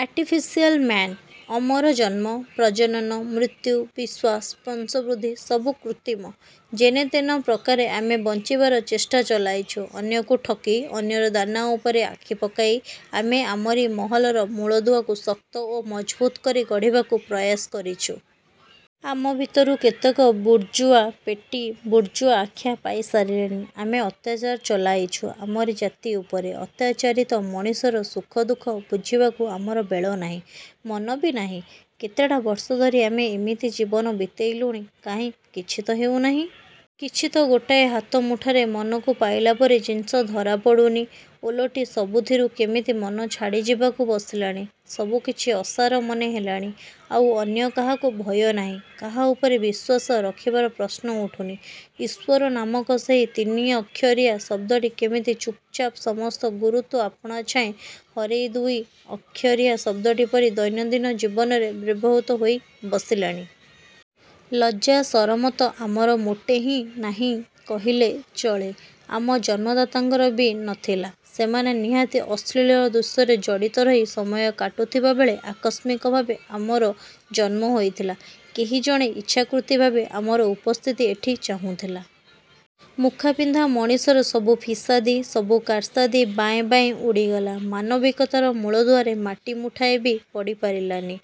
Artificial man. ଅମର ଜନ୍ମ, ପ୍ରଜନନ, ମୃତ୍ୟୁ, ବିଶ୍ୱାସ, ବଂଶବୁଦ୍ଧି-ସବୁ କୃତ୍ରିମ। ଯେନତେନ ପ୍ରକାରେ ଆମେ ବଞ୍ଚିବାର ଚେଷ୍ଟା ଚଳାଇଛୁ। ଅନ୍ୟକୁ ଠକି, ଅନ୍ୟର ଦାନା ଉପରେ ଆଖି ପକାଇ, ଆମେ ଆମରି ମହଲର ମୂଳଦୁଆକୁ ଶକ୍ତ ଓ ମଜବୁତ୍ କରି ଗଢ଼ିବାକୁ ପ୍ରୟାସ କରିଛୁ। ଆମ ଭିତରୁ କେତେକ ବୁର୍ଜୁଆ, ପେଟି ବୁର୍ଜୁଆ ଆଖ୍ୟା ପାଇ ସାରିଲେଣି। ଆମେ ଅତ୍ୟାଚାର ଚଳାଇଛୁ ଆମରି ଜାତି ଉପରେ। ଅତ୍ୟାଚାରିତ ମଣିଷର ସୁଖଦୁଃଖ ବୁଝିବାକୁ ଆମର ବେଳ ନାହିଁ। ମନ ବି ନାହିଁ। କେତେଟା' ବର୍ଷ ଧରି ଆମେ ଏମିତି ଜୀବନ ବିତେଇଲୁଣି। କାହିଁ କିଛିତ ହେଉନାହିଁ। କିଛିତ ଗୋଟାଏ ହାତ ମୁଠାରେ ମନକୁ ପାଇଲା ପରି ଜିନିଷ ଧରା ପଡ଼ୁନି। ଓଲଟି ସବୁଥିରୁ କେମିତି ମନ ଛାଡ଼ି ଯିବାକୁ ବସିଲାଣି। ସବୁକିଛି ଅସାର ମନେ ହେଲାଣି। ଆଉ ଅନ୍ୟ କାହାକୁ ଭୟ ନାହିଁ। କାହା ଉପରେ ବିଶ୍ୱାସ ରଖିବାର ପ୍ରଶ୍ନ ଉଠୁନି। ଈଶ୍ୱର ନାମକ ସେହି ତିନିଅକ୍ଷରିଆ ଶବ୍ଦଟି କେମିତି ଚୁପ୍ଚାପ୍ ସମସ୍ତ ଗୁରୁତ୍ୱ ଆପଣାଛାଏଁ ହରେଇ ଦୁଇ ଅକ୍ଷରିଆ ଶବ୍ଦଟି ପରି ଦୈନନ୍ଦିନ ଜୀବନରେ ବ୍ୟବହୃତ ହୋଇ ବସିଲାଣି। ଲଜ୍ଜା ସରମତ ଆମର ମୋଟେ ନାହିଁ କହିଲେ ଚଳେ। ଆମ ଜନ୍ମଦାତାଙ୍କର ବି ନ ଥିଲା। ସେମାନେ ନିହାତି ଅଶ୍ଳୀଳ ଦୃଶ୍ୟରେ ଜଡ଼ିତ ରହି ସମୟ କାଟୁଥିବା ବେଳେ ଆକସ୍ମିକ ଭାବେ ଆମର ଜନ୍ମ ହୋଇଥିଲା। କେହି ଜଣେ ଇଚ୍ଛାକୃତି ଭାବେ ଆମର ଉପସ୍ଥିତ ଏଠି ଚାହୁଁଥିଲା-? ମୁଖାପିନ୍ଧା ମଣିଷର ସବୁ ଫିସାଦି, ସବୁ କାରସାଦି ବାଏଁ ବାଏଁ ଉଡ଼ିଗଲା। ମାନବିକତାର ମୂଳଦୁଆରେ ମାଟି ମୁଠାଏ ବି ପଡ଼ି ପାରିଲାନି।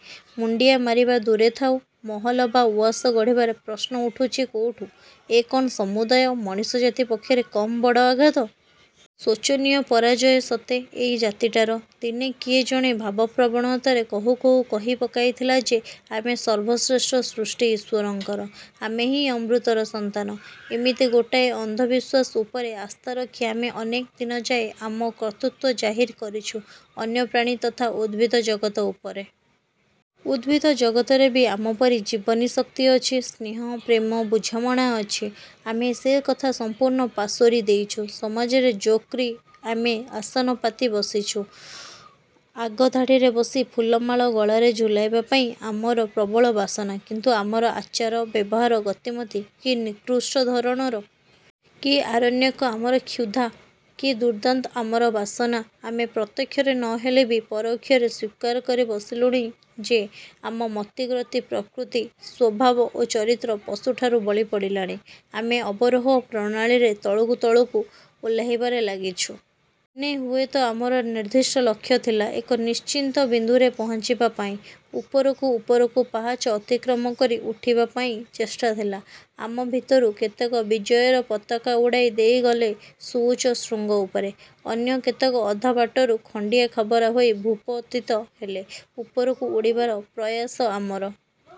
ମୁଣ୍ତି ମାରିବା ଦୂରେ ଥାଉ। ମହଲ ବା ଉଆସ ଗଢ଼ିବାର ପ୍ରଶ୍ନ ଉଠୁଛି କୋଉଠି? ଏ କ'ଣ ସମୁଦାୟ ମଣିଷ ଜାତି ପକ୍ଷରେ କମ୍ ବଡ଼ ଆଘାତ। କି ଶୋଚନୀୟ ପରାଜୟ ସତେ ଏଇ ଜାତିଟାର। ଦିନେ କିଏ ଜଣେ ଭାବପ୍ରବଣତାରେ କହୁ କହୁ କହି ପକାଇଥିଲା ଯେ, 'ଆମେ ସର୍ବଶ୍ରେଷ୍ଠ ସୃଷ୍ଟି ଈଶ୍ୱରଙ୍କର। ଆମେହିଁ ଅମୃତର ସନ୍ତାନ-। ' ଏମିତି ଗୋଟାଏ ଅନ୍ଧବିଶ୍ୱାସ ଉପରେ ଆସ୍ଥାରଖି ଆମେ ଅନେକ ଦିନ ଯାଏ ଆମ କର୍ତ୍ତୃତ୍ୱ ଜାହିର କରିଛୁ ଅନ୍ୟ ପ୍ରାଣୀ ତଥା ଉଦ୍ଭିଦ ଜଗତ ଉପରେ। ଉଦ୍ଭିଦ ଜଗତରେ ବି ଆମପରି ଜୀବନୀ ଶକ୍ତି ଅଛି। ସ୍ନେହ ପ୍ରେମ ବୁଝାମଣା ଅଛି। ଆମେ ସେ କଥା ସମ୍ପୂର୍ଣ୍ଣ ପାସୋରି ଦେଇଛୁ-। ସମାଜରେ ଜୋର୍କରି ଆମେ ଆସନ ପାତି ବସିଛୁ। ଆଗ ଧାଡ଼ିରେ ବସି ଫୁଲମାଳ ଗଳାରେ ଝୁଲାଇବା ପାଇଁ ଆମର ପ୍ରବଳ ବାସନା କିନ୍ତୁ ଆମର ଆଚାର, ବ୍ୟବହାର ଗତିମତି କି ନିକୃଷ୍ଟ ଧରଣର! କି ଆରଣ୍ୟକ ଆମର କ୍ଷୁଧା! କି ଦୁର୍ଦ୍ଦାନ୍ତ ଆମର ବାସନା! ଆମେ ପ୍ରତ୍ୟକ୍ଷରେ ନ ହେଲେ ବି ପରୋକ୍ଷରେ ସ୍ୱୀକାର କରି ବସିଲୁଣି ଯେ ଆମ ମତିଗତି ପ୍ରକୃତି, ସ୍ୱଭାବ ଓ ଚରିତ୍ର ପଶୁଠାରୁ ବଳି ପଡ଼ିଲାଣି। ଆମେ ଅବରୋହ ପ୍ରଣାଳୀରେ ତଳକୁ ତଳକୁ ଓହ୍ଲାଇବାରେ ଲାଗିଛୁ-। ଦିନେ ହୁଏତ ଆମର ନିର୍ଦ୍ଦିଷ୍ଟ ଲକ୍ଷ୍ୟ ଥିଲା। ଏକ ନିଶ୍ଚିତ ବିନ୍ଦୁରେ ପହଞ୍ଚିବା ପାଇଁ, ଉପରକୁ ଉପରକୁ ପାହାଚ ଅତିକ୍ରମ କରି ଉଠିବା ପାଇଁ ଚେଷ୍ଟା ଥିଲା। ଆମ ଭିତରୁ କେତେକ ବିଜୟର ପତାକା ଉଡ଼ାଇ ଦେଇଗଲେ ସୁଉଚ୍ଚ ଶୃଙ୍ଗ ଉପରେ। ଅନ୍ୟ କେତେକ ଅଧା ବାଟରୁ ଖଣ୍ତିଆ ଖାବରା ହୋଇ ଭୂପତିତ ହେଲେ। ଉପରକୁ ଉଡ଼ିବାର ପ୍ରୟାସ ଆମର